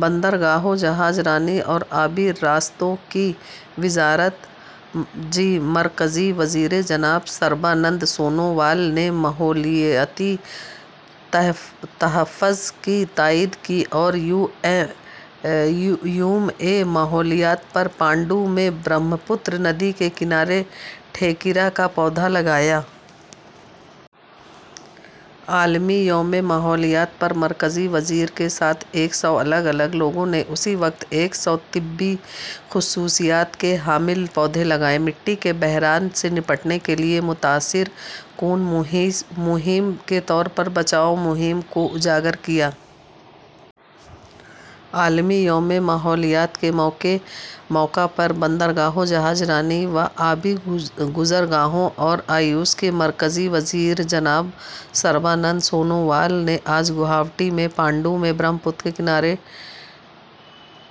بندرگاہوں، جہاز رانی اور آبی راستوں کی وزارت مرکزی وزیر جناب سربانند سونووال نے ماحولیاتی تحفظ کی تائید کی اور یوم ماحولیات پر پانڈو میں برہمپترا ندی کے کنارے ٹھیکرا کا پودا لگایا۔ عالمی یوم ماحولیات پر مرکزی وزیر کے ساتھ ایک سو الگ الگ لوگوں نے اسی وقت ایک سو طبی خصوصیات کے حامل پودے لگائے۔ مٹی کے بحران سے نمٹنے کے لیے متاثر کن مہم کے طور پر بچاؤ مہم کو اجاگر کیا۔ عالمی یوم ماحولیات کے موقع پر بندرگاہوں، جہاز رانی و آبی گزرگاہوں اور آیوش کے مرکزی وزیر جناب سربانند سونووال نے آج گوہاٹی میں پانڈو میں برہمپترا کے کنارے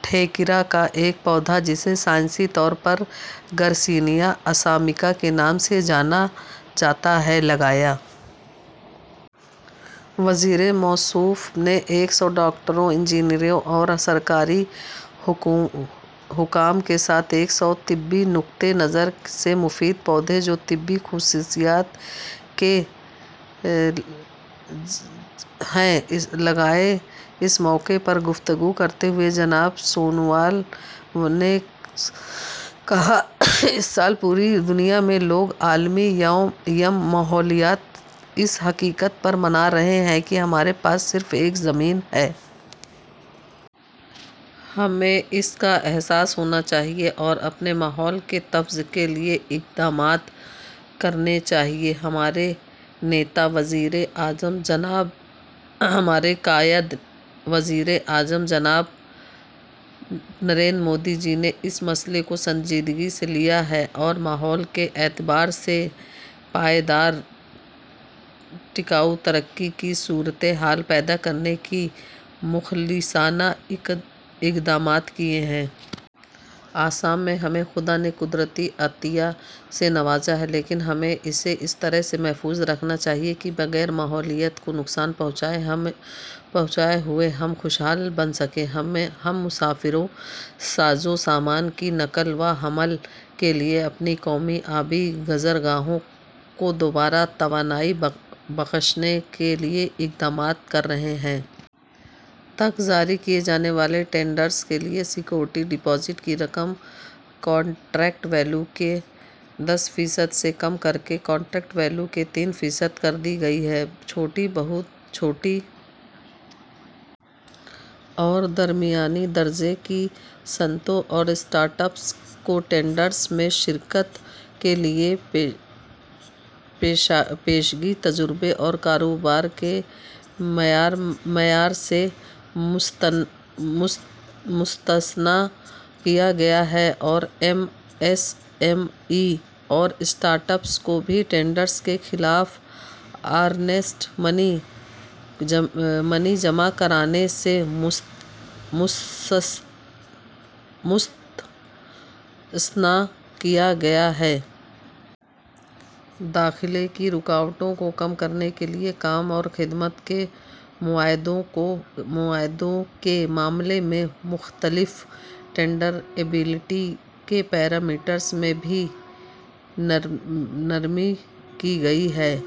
ٹھیکرا کا ایک پودا، جسے سائنسی طور پر گارسینیا اسامیکا کے نام سے جانا جاتا ہے، لگایا۔ وزیر موصوف نے ایک سو ڈاکٹروں، انجینئروں اور سرکاری حکام کے ساتھ ایک سو طبی نقطۂ نظر سے مفید پودے، جو طبی خصوصیات کے حامل ہیں، لگائے۔ اس موقع پر گفتگو کرتے ہوئے جناب سونووال نے کہا: "اس سال پوری دنیا میں لوگ عالمی یوم ماحولیات اس حقیقت پر منا رہے ہیں کہ ہمارے پاس صرف ایک زمین ہے۔ ہمیں اس کا احساس ہونا چاہیے اور اپنے ماحول کے تحفظ کے لیے اقدامات کرنے چاہئیں۔ ہمارے قائد وزیر اعظم جناب نریندر مودی جی نے اس مسئلے کو سنجیدگی سے لیا ہے اور ماحول کے اعتبار سے پائیدار ترقی کی صورتحال پیدا کرنے کے لیے مخلصانہ اقدامات کیے ہیں۔ آسام میں ہمیں خدا نے قدرتی عطیہ سے نوازا ہے۔ لیکن ہمیں اسے اس طرح سے محفوظ رکھنا چاہیے کہ بغیر ماحولیات کو نقصان پہنچائے ہوئے ہم خوشحال بن سکیں۔ ہم مسافروں، سازوسامان کی نقل و حمل کے لیے اپنی قومی آبی گزرگاہوں کو دوبارہ توانائی بخشنے کے لیے اقدامات کر رہے ہیں۔ تک جاری کیے جانے والے ٹینڈرز کے لیے سیکیورٹی ڈپازٹ کی رقم کنٹریکٹ ویلیو کے دس فیصد سے کم کر کے کنٹریکٹ ویلیو کے تین فیصد کر دی گئی ہے۔ چھوٹی، بہت چھوٹی اور درمیانی درجے کی صنعتوں اور اسٹارٹ اپس کو ٹینڈرز میں شرکت کے لیے پیشگی تجربے اور کاروبار کے معیار سے مستثنیٰ کیا گیا ہے، اور ایم ایس ایم ای اور اسٹارٹ اپس کو بھی ٹینڈرز کے خلاف ارنسٹ منی جمع کرانے سے مستثنیٰ کیا گیا ہے۔ داخلے کی رکاوٹوں کو کم کرنے کے لیے کام اور خدمات کے معاہدوں کے معاملے میں مختلف ٹینڈر اہلیت کے پیرامیٹرز میں بھی نرمی کی گئی ہے۔